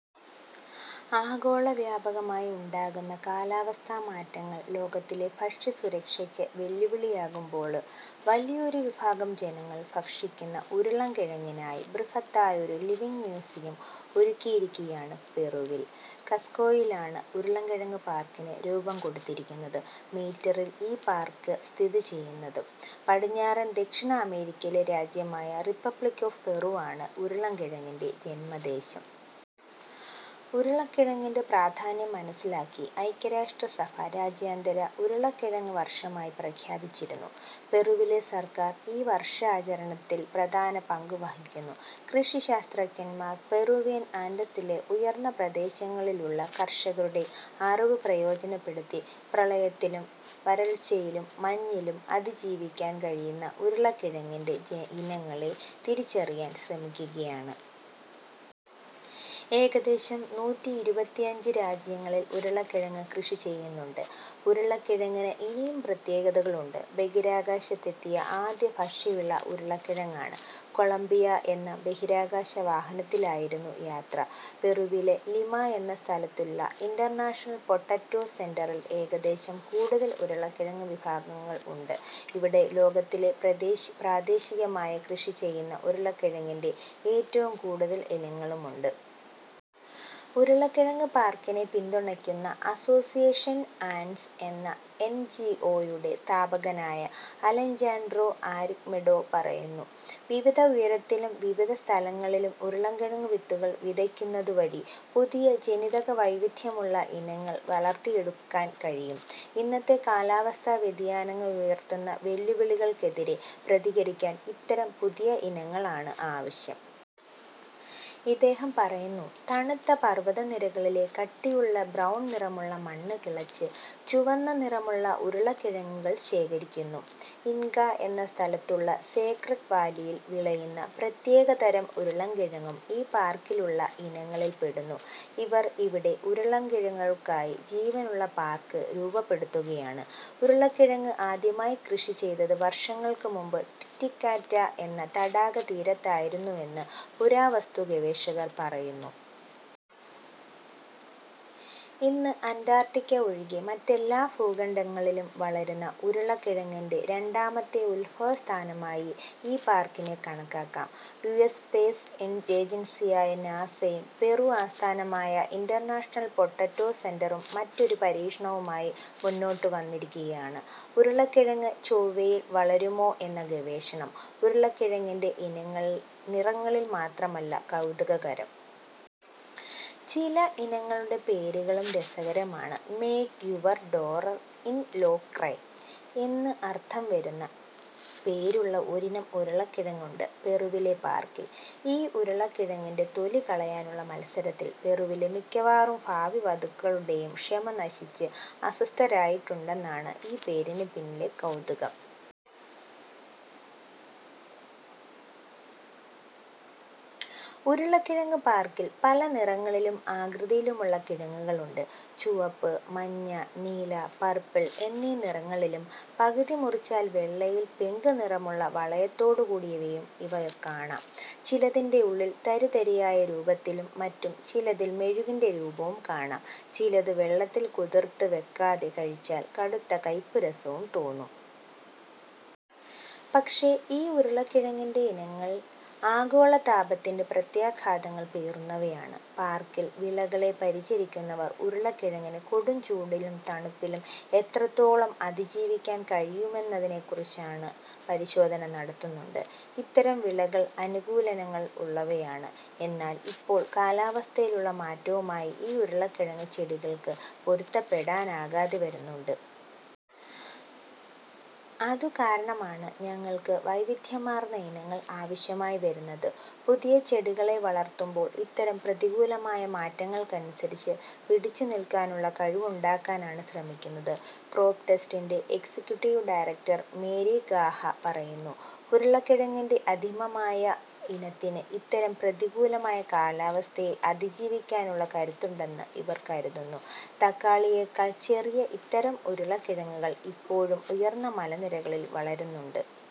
ആഗോള വ്യാപകമായി ഉണ്ടാകുന്ന കാലാവസ്ഥാ മാറ്റങ്ങള്‍ ലോകത്തിലെ ഭക്ഷ്യസുരക്ഷയ്ക്ക് വെല്ലുവിളിയാകുമ്പോള് വലിയൊരു വിഭാഗം ജനങ്ങള്‍ ഭക്ഷിക്കുന്ന ഉരുളക്കിഴങ്ങിനായി ബൃഹത്തായൊരു ' ലിവിങ്ങ് മ്യൂസിയം ' ഒരുക്കിയിരിക്കുകയാണ് പെറുവിൽ. കസ്കോയിലാണ് ഉരുളക്കിഴങ്ങ് പാര്‍ക്കിന് രൂപംകൊടുത്തിരിക്കുന്നത്. മീറ്ററില്‍ ഈ പാര്‍ക്ക് സ്ഥിതി ചെയ്യുന്നത്. പടിഞ്ഞാറൻ ദക്ഷിണ അമേരിക്കയിലെ രാജ്യമായ റിപ്പബ്ലിക് ഓഫ് പെറുവാണ് ഉരുളക്കിഴങ്ങിന്‍റെ ജന്മദേശം. ഉരുളക്കിഴങ്ങിന്‍റെ പ്രാധാന്യം മനസിലാക്കി ഐക്യരാഷ്ട്ര സഭ രാജ്യാന്തര ഉരുളക്കിഴങ്ങ് വര്‍ഷമായി പ്രഖ്യാപിച്ചിരുന്നു. പെറുവിലെ സര്‍ക്കാര്‍ ഈ വര്‍ഷാചരണത്തില്‍ പ്രധാന പങ്ക് വഹിക്കുന്നു. കൃഷി ശാസ്ത്രജ്ഞന്‍മാര്‍ പെറുവിയൻ ആന്റസിലെ ഉയര്‍ന്ന പ്രദേശങ്ങളിലുള്ള കര്‍ഷകരുടെ അറിവ് പ്രയോജനപ്പെടുത്തി പ്രളയത്തിലും വരള്‍ച്ചയിലും മഞ്ഞിലും അതിജീവിക്കാന്‍ കഴിയുന്ന ഉരുളക്കിഴങ്ങിന്‍റെ ഇനങ്ങളെ തിരിച്ചറിയാന്‍ ശ്രമിക്കുകയാണ്. ഏകദേശം നൂറ്റി ഇരിപ്പത്തിയഞ്ച് രാജ്യങ്ങളില്‍ ഉരുളക്കിഴങ്ങ് കൃഷി ചെയ്യുന്നുണ്ട്. ഉരുളക്കിഴങ്ങിന് ഇനിയും പ്രത്യേകതകളുണ്ട്. ബഹിരാകാശത്ത് എത്തിയ ആദ്യ ഭക്ഷ്യവിള ഉരുളക്കിഴങ്ങാണ്. കൊളമ്പിയ എന്ന ബഹിരാകാശവാഹനത്തിലായിരുന്നു യാത്ര. പെറുവില ലിമ എന്ന സ്ഥലത്തുള്ള ഇന്‍റര്‍നാഷണല്‍ പൊട്ടറ്റോ സെന്‍ററില്‍ ഏകദേശം കൂടുതൽ ഉരുളക്കിഴങ്ങ് വിഭാഗങ്ങള്‍ ഉണ്ട്. ' ഇവിടെ ലോകത്തിലെ പ്രാദേശികമായി കൃഷി ചെയ്യുന്ന ഉരുളക്കിഴങ്ങിന്‍റെ ഏറ്റവും കൂടുതല്‍ ഇനങ്ങളുമുണ്ട്. ' ഉരുളക്കിഴങ്ങ് പാര്‍ക്കിനെ പിന്തുണയ്ക്കുന്ന അസോസിയേഷന്‍ ആന്‍റ്സ് എന്ന എന്. ജി. ഒയുടെ സ്ഥാപകനായ അലെജാന്ഡ്രോ ആര്ഗുമെഡോ പറയുന്നു. ' വിവിധ ഉയരത്തിലും വിവിധ സ്ഥലങ്ങളിലും ഉരുളക്കിഴങ്ങ് വിത്തുകള്‍ വിതയ്ക്കുന്നതു വഴി പുതിയ ജനിതക വൈവിദ്ധ്യമുള്ള ഇനങ്ങള്‍ വളര്‍ത്തിയെടുക്കാന്‍ കഴിയും. ഇന്നത്തെ കാലാവസ്ഥാ വ്യതിയാനങ്ങള്‍ ഉയര്‍ത്തുന്ന വെല്ലുവിളികൾക്കെതിരെ പ്രതികരിക്കാന്‍ ഇത്തരം പുതിയ ഇനങ്ങളാണ് ആവശ്യം. ' ഇദ്ദേഹം പറയുന്നു. തണുത്ത പർവതനിരകളിലെ കട്ടിയുള്ള ബ്രൌണ്‍ നിറമുള്ള മണ്ണ് കിളച്ച് ചുവന്ന നിറമുള്ള ഉരുളക്കിഴങ്ങുകള്‍ ശേഖരിക്കുന്നു. ഇന്‍ക എന്ന സ്ഥലത്തുള്ള സേക്രഡ് വാലിയിൽ വിളയുന്ന പ്രത്യേകതരം ഉരുളക്കിഴങ്ങും ഈ പാര്‍ക്കിലുള്ള ഇനങ്ങളിൽ പെടുന്നു. ഇവര്‍ ഇവിടെ ഉരുളക്കിഴങ്ങുകള്‍ക്കായി ജീവനുള്ള പാര്‍ക്ക് രൂപപ്പെടുത്തുകയാണ്. ഉരുളക്കിഴങ്ങ് ആദ്യമായി കൃഷി ചെയ്തത് വര്‍ഷങ്ങള്‍ക്ക് മുമ്പ് ടിറ്റിക്കാക്ക എന്ന തടാകതീരത്തായിരുന്നുവെന്ന് പുരാവസ്തു ഗവേഷകര്‍ പറയുന്നു. ഇന്ന് അന്‍റാര്‍ട്ടിക്ക ഒഴികെ മറ്റെല്ലാ ഭൂഖണ്ഡങ്ങളിലും വളരുന്ന ഉരുളക്കിഴങ്ങിന്‍റെ രണ്ടാമത്തെ ഉത്ഭവ സ്ഥാനമായി ഈ പാര്‍ക്കിനെ കണക്കാക്കാം. യു. എസ് സ്പേസ് ഏജന്സിയായ നാസയും പെറു ആസ്ഥാനമായ ഇന്‍റര്‍നാഷണല്‍ പൊട്ടട്ടോ സെന്‍ററും മറ്റൊരു പരീക്ഷണവുമായി മുന്നോട്ട് വന്നിരിക്കുകയാണ്- ഉരുളക്കിഴങ്ങ് ചൊവ്വയില്‍ വളരുമോ എന്ന ഗവേഷണം! ഉരുളക്കിഴങ്ങിന്‍റെ ഇനങ്ങള്‍ നിറങ്ങളില്‍ മാത്രമല്ല കൗതുകകരം. ചില ഇനങ്ങളുടെ പേരുകളും രസകരമാണ്. ' Make your daughter in law cry ' എന്ന് അര്‍ഥം വരുന്ന പേരുള്ള ഒരിനം ഉരുളക്കിഴങ്ങുണ്ട് പെറുവിലെ പാര്‍ക്കില്‍. ഈ ഉരുളക്കിഴങ്ങിന്‍റെ തൊലി കളയാനുള്ള മത്സരത്തില്‍ പെറുവിലെ മിക്കവാറും ഭാവിവധുക്കളുടെയും ക്ഷമ നശിച്ച് അസ്വസ്ഥരായിട്ടുണ്ടെന്നതാണ് ഈ പേരിന് പിന്നിലെ കൗതുകം. ഉരുളക്കിഴങ്ങ് പാര്‍ക്കില്‍ പല നിറങ്ങളിലും ആകൃതിയിലുമുള്ള കിഴങ്ങുകളുണ്ട്. ചുവപ്പ്, മഞ്ഞ, നീല, പർപ്പിൾ എന്നീ നിറങ്ങളിലും പകുതി മുറിച്ചാല്‍ വെള്ളയില്‍ പിങ്ക് നിറമുള്ള വളയത്തോടുകൂടിയവയും ഇവ കാണാം. ചിലതിന്‍റെ ഉള്ളില്‍ തരിതരിയായ രൂപത്തിലും മറ്റു ചിലതില്‍ മെഴുകിന്റെ രൂപവും കാണാം. ചിലത് വെള്ളത്തില്‍ കുതിര്‍ത്ത് വെക്കാതെ കഴിച്ചാല്‍ കടുത്ത കയ്പ്പുരസം തോന്നും. പക്ഷേ, ഈ ഉരുളക്കിഴങ്ങിന്‍റെ ഇനങ്ങള്‍ ആഗോള താപത്തിന്‍റെ പ്രത്യാഘാതങ്ങള്‍ പേറുന്നവയാണ്. പാര്‍ക്കില്‍ വിളകളെ പരിചരിക്കുന്നവര്‍ ഉരുളക്കിഴങ്ങിന് കൊടുംചൂടിലും തണുപ്പിലും എത്രത്തോളം അതിജീവിക്കാന്‍ കഴിയുമെന്നതിനെക്കുറിച്ച് പരിശോധന നടത്തുന്നുണ്ട്. ' ഇത്തരം വിളകള്‍ അനുകൂലനങ്ങൾ ഉള്ളവയാണ്. എന്നാല്‍ ഇപ്പോള്‍ കാലാവസ്ഥയിലുള്ള മാറ്റവുമായി ഈ ഉരുളക്കിഴങ്ങ് ചെടികള്‍ക്ക് പൊരുത്തപ്പെടാനാകാതെ വരുന്നുണ്ട്. അതുകാരണമാണ് ഞങ്ങള്‍ക്ക് വൈവിധ്യമാർന്ന ഇനങ്ങള്‍ ആവശ്യമായി വരുന്നത്. പുതിയ ചെടികളെ വളര്‍ത്തുമ്പോള്‍ ഇത്തരം പ്രതികൂലമായ മാറ്റങ്ങൾക്കനുസരിച്ച് പിടിച്ചു നില്‍ക്കാനുള്ള കഴിവുണ്ടാക്കാനാണ് ശ്രമിക്കുന്നത്. ' ക്രോപ് ട്രസ്റ്റിന്‍റെ എക്സിക്യുട്ടീവ് ഡയറക്ടര്‍ മേരി ഹാഗ പറയുന്നു. ഉരുളക്കിഴങ്ങിന്‍റെ ആദിമമായ ഇനത്തിന് ഇത്തരം പ്രതികൂല കാലാവസ്ഥയെ അതിജീവിക്കാനുള്ള കരുത്തുണ്ടെന്ന് ഇവര്‍ കരുതുന്നു. തക്കാളിയേക്കാള്‍ ചെറിയ ഇത്തരം ഉരുളക്കിഴങ്ങുകള്‍ ഇപ്പോഴും ഉയര്‍ന്ന മലനിരകളിൽ വളരുന്നുണ്ട്.